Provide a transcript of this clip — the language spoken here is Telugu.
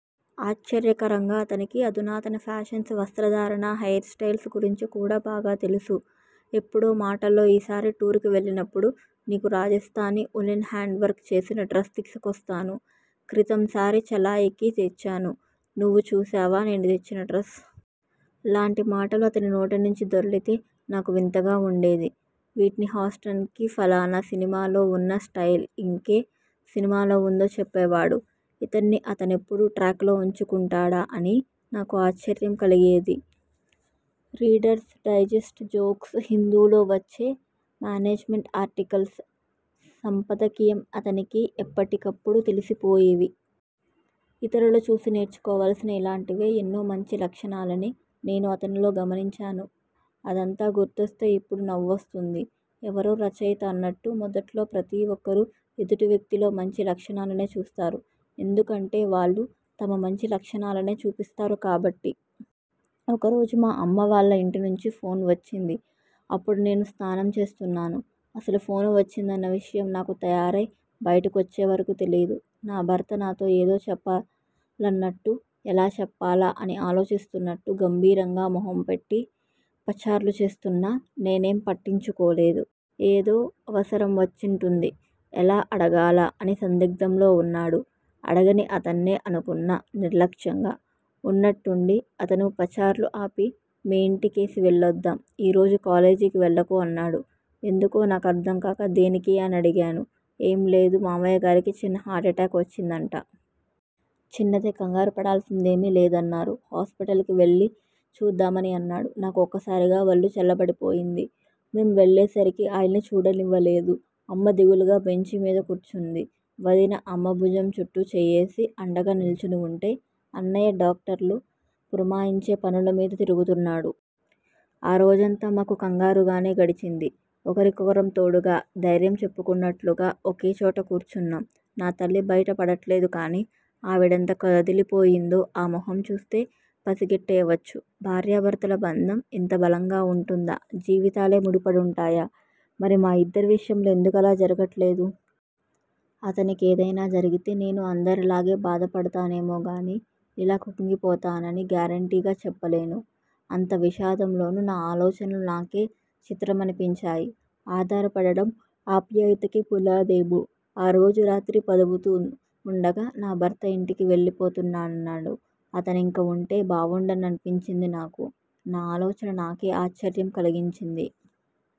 ఆశ్చర్యకరంగా అతనికి అధునాతన ఫ్యాషన్స్, వస్త్రధారణ, హెయిర్ స్టయిల్స్ గురించి కూడా బాగా తెలుసు. ఎప్పుడో మాటల్లో ఈసారి టూర్ కి వెళ్ళినప్పుడు నీకు రాజస్థానీ ఉలెన్ హాండ్ వర్క్ చేసిన డ్రెస్ తీసుకొస్తాను. క్రితం సారి చెల్లాయికి తెచ్చాను. నువ్వు చూశావా నేను తెచ్చిన డ్రెస్? లాంటి మాటలు అతని నోటినుంచి దొర్లితే నాకు వింతగా వుండేది. విట్నీ హాస్టన్ కి ఫలానా సినిమాలో వున్న స్టయిల్ ఇంకే సినిమాలో వుందో చెప్పేవాడు. ఇతన్ని అతనెప్పుడు ట్రాక్ లో ఉంచుకుంటాడా అని నాకు ఆశ్చర్యం కలిగేది. రీడర్స్ డైజెస్ట్ జోక్స్, 'హిందూ' లో వచ్చే మానేజిమెంట్ ఆర్టికల్స్, సంపాదకీయం అతనికి ఎప్పటికప్పుడు తెలిసిపోయేవి. ఇతరులు చూసి నేర్చుకోవాల్సిన ఇలాంటివే ఎన్నో మంచి లక్షణాలని నేను అతనిలో గమనించాను. అదంతా గుర్తొస్తే ఇప్పుడు నవ్వు వస్తూంది. ఎవరో రచయిత అన్నట్టు మొదట్లో ప్రతి ఒక్కరూ ఎదుటి వ్యక్తిలో మంచి లక్షణాలనే చూస్తారు. ఎందుకంటే వాళ్ళు తమ మంచి లక్షణాలనే చూపిస్తారు కాబట్టి! ఒకరోజు మా అమ్మా వాళ్ల ఇంటినుంచి ఫోన్ వచ్చింది. అప్పుడు నేను స్నానం చేస్తున్నాను. అసలు ఫోన్ వచ్చిందన్న విషయం నాకు తయారై బయటి కొచ్చేవరకూ తెలీదు. నా భర్త నాతో ఏదో చెప్పాలన్నట్టు, ఎలా చెప్పాలా అని ఆలోచిస్తున్నట్టు గంభీరంగా మొహం పెట్టి పచార్లు చేస్తున్నా, నేనేం పట్టించుకోలేదు. 'ఏదో అవసరం వచ్చుంటుంది, ఎలా అడగాలా అని సందిగ్ధంలో వున్నాడు. అడగనీ అతన్నే' అనుకున్నా నిర్లక్ష్యంగా. ఉన్నట్టుండి అతను పచార్లు ఆపి మీ ఇంటికేసి వెళ్ళొద్దాం. ఈ రోజు కాలేజీకి వెళ్ళకు అన్నాడు. ఎందుకో నాకర్థంకాక దేనికీ? అనడిగాను. ఏం లేదు. మామయ్యగారికి చిన్న హార్ట్ అటాక్ వచ్చిందట. చిన్నదే కంగారు పడాల్సిందేమీ లేదన్నారు. హాస్పిటల్ కు వెళ్ళి చూద్దామని అన్నాడు. నాకు ఒక్కసారిగా ఒళ్ళు చల్లబడిపోయింది. మేం వెళ్ళేసరికి ఆయన్ని చూడనివ్వలేదు. అమ్మ దిగులుగా బెంచిమీద కూర్చునుంది. వదిన అమ్మ భుజం చుట్టూ చెయ్యేసి అండగా నిల్చుని వుంటే, అన్నయ్య డాక్టర్లు పురమాయించే పనుల మీద తిరుగుతున్నాడు. ఆ రోజంతా మాకు కంగారుగానే గడిచింది. ఒకరికొకరం తోడుగా, ధైర్యం చెప్పుకుంటున్నట్లుగా ఒకేచోట కూర్చున్నాం. నా తల్లి బయట పడట్లేదు కానీ ఆవిడెంత కదిలిపోయిందో ఆ మొహం చూస్తే పసిగట్టేయవచ్చు. భార్యాభర్తల బంధం ఇంత బలంగా వుంటుందా? జీవితాలే ముడిపడుంటాయా? మరి మా ఇద్దరి విషయంలో ఎందుకలా జరగట్లేదు? అతనికేదైనా జరిగితే నేనూ అందరిలాగే బాధపడతానేమోగానీ, ఇలా క్రుంగిపోతానని గ్యారంటీగా చెప్పలేను. అంత విషాదంలోనూ నా ఆలోచనలు నాకే చిత్రమనిపించాయి. 'ఆధారపడడం' ఆప్యాయతకి పునాదేమో! ఆ రోజు రాత్రి పదవుతూ వుండగా నా భర్త ఇంటికి వెళ్ళి పోతానన్నాడు. అతనింకా వుంటే బావుండుననిపించింది నాకు. నా ఆలోచన నాకే ఆశ్చర్యం కలిగించింది.